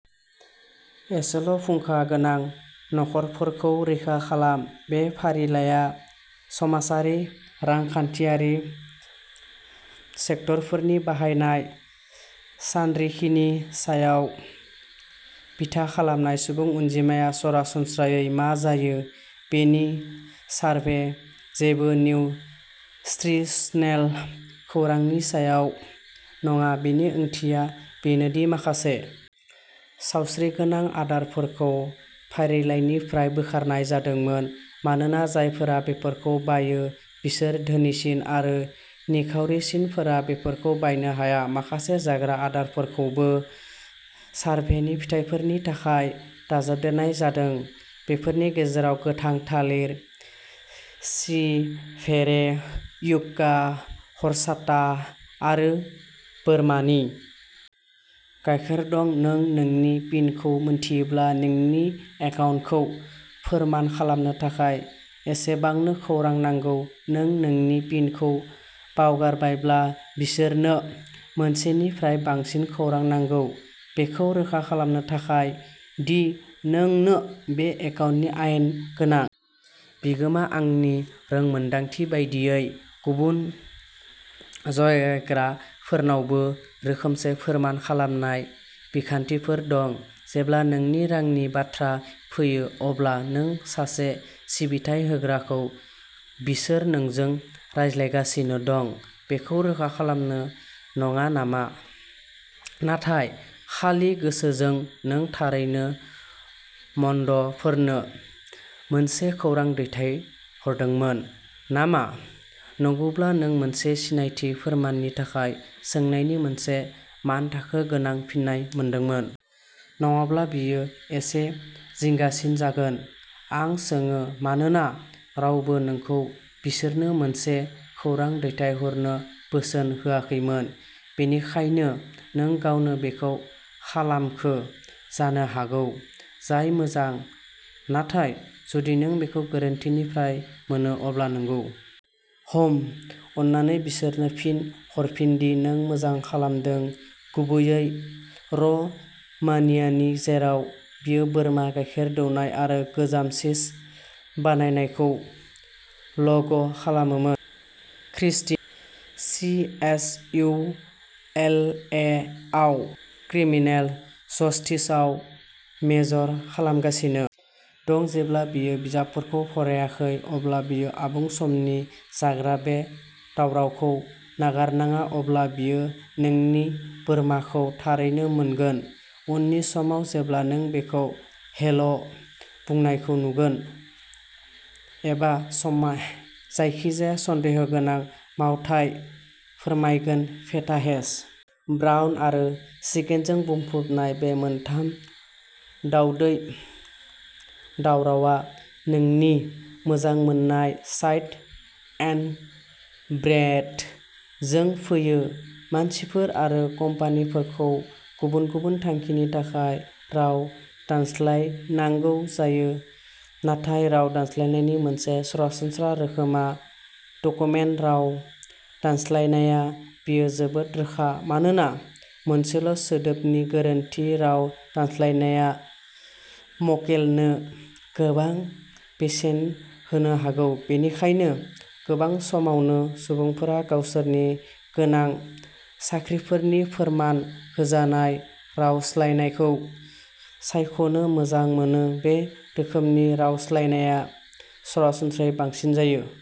एसेल' फुंखा गोनां नखरफोरखौ रैखा खालाम बे फारिलाइआ समाजारि रांखान्थियारि सेक्टरफोरनि बाहायनाय सानरिखिनि सायाव बिथा खालामनाय सुबुं अनजिमाया सरासनस्रायै मा जायो बेनि सारभे जेबो निउत्रिसनेल खौरांनि सायाव नङा बेनि ओंथिया बेनो दि माखासे सावस्रिगोनां आदारफोरखौ फारिलाइनिफ्राय बोखारनाय जादोंमोन मानोना जायफोरा बेफोरखौ बायो बिसोर धोनिसिन आरो निखावरिसिनफोरा बेफोरखौ बायनो हाया माखासे जाग्रा आदारफोरखौबो सारभेनि फिथायफोरनि थाखाय दाजाबदेरनाय जादों बेफोरनि गेजेराव गोथां थालिर चिभेरे युक्का हरचाटा आरो बोरमानि गायखेर दं नों नोंनि पिनखौ मिथियोब्ला नोंनि एकाउन्टखौ फोरमान खालामनो थाखाय एसेबांनो खौरां नांगौ नों नोंनि पिनखौ बावगारबायब्ला बिसोरनो मोनसेनिफ्राय बांसिन खौरां नांगौ बेखौ रोखा खालामनो थाखाय दि नोंनो बे एकाउन्टनि आयेन गोनां बिगोमा आंनि रोंमोन्दांथि बायदियै गुबुन जगायग्राफोरनावबो रोखोमसे फोरमान खालामनाय बिखान्थिफोर दं जेब्ला नोंनि रांनि बाथ्रा फैयो अब्ला नों सासे सिबिथाइ होग्राखौ बिसोर नोंजों रायज्लायगासिनो दं बेखौ रोखा खालामनो नाङा नामा नाथाय खालि गोसोजों नों थारैनो मडफोरनो मोनसे खौरां दैथायहरदोंमोन नामा नंगौब्ला नों मोनसे सिनायथि फोरमाननि थाखाय सोंनायनि मोनसे मानथाखो गोनां फिननाय मोनदोंमोन। नङाब्ला बेयो एसे जिंगासिन जागोन आं सोङो मानोना रावबो नोंखौ बिसोरनो मोनसे खौरां दैथायहरनो बोसोन होआखैमोन बेनिखायनो नों गावनो बेखौ खालामखो जानो हागौ जाय मोजां नाथाय जुदि नों बेखौ गोरोन्थिनिफ्राय मोनो अब्ला नंगौ हम्म अन्नानै बिसोरनो फिन हरफिन दि नों मोजां खालामदों गुबैयै र'मानियानि जेराव बियो बोरमा गायखेर दौनाय आरो गोजाम चीज बानायनायखौ ल'ग खालामोमोन Christina C S E L A आव क्रिमिनल जस्टिसआव मेजर खालामगासिनो दं जेब्ला बियो बिजाबफोरखौ फरायाखै अब्ला बियो आबुं समनि जाग्रा बे दावरावखौ नागारनाङा नङाब्ला बेयो नोंनि बोरमाखौ थारैनो मोनगोन उननि समाव जेब्ला नों बिखौ हेल'बुंनायखौ नुगोन एबा जायखिजाया सन्देहगोनां मावथाय फोरमायगोन फेटा हेश ब्राउन आरो चिकेनजों बुंफबनाय बे मोनथाम दावदै दावरावआ नोंनि मोजां मोननाय साइड एन्ड ब्रेडजों फैयो मानसिफोर आरो कम्पानिफोरखौ गुबुन गुबुन थांखिनि थाखाय राव दानस्लायनांगौ जायो नाथाय राव दानस्लायनानि मोनसे सरासनस्रा रोखोमआ डकुमेन्ट राव दानस्लायनाया बेयो जोबोद रोखा मानोना मोनसेल'सोदोबनि गोरोन्थि राव दानस्लायनाया मक्केलनो गोबां बेसेन होनो हागौ बेनिखायनो गोबां समावनो सुबुंफोरा गावसोरनि गोनां साख्रिफोरनि फोरमान होजानाय रावस्लायनखौ सायख'नो मोजां मोनो बे रोखोमनि रावस्लायनाया सरासनस्रायै बांसिन जायो।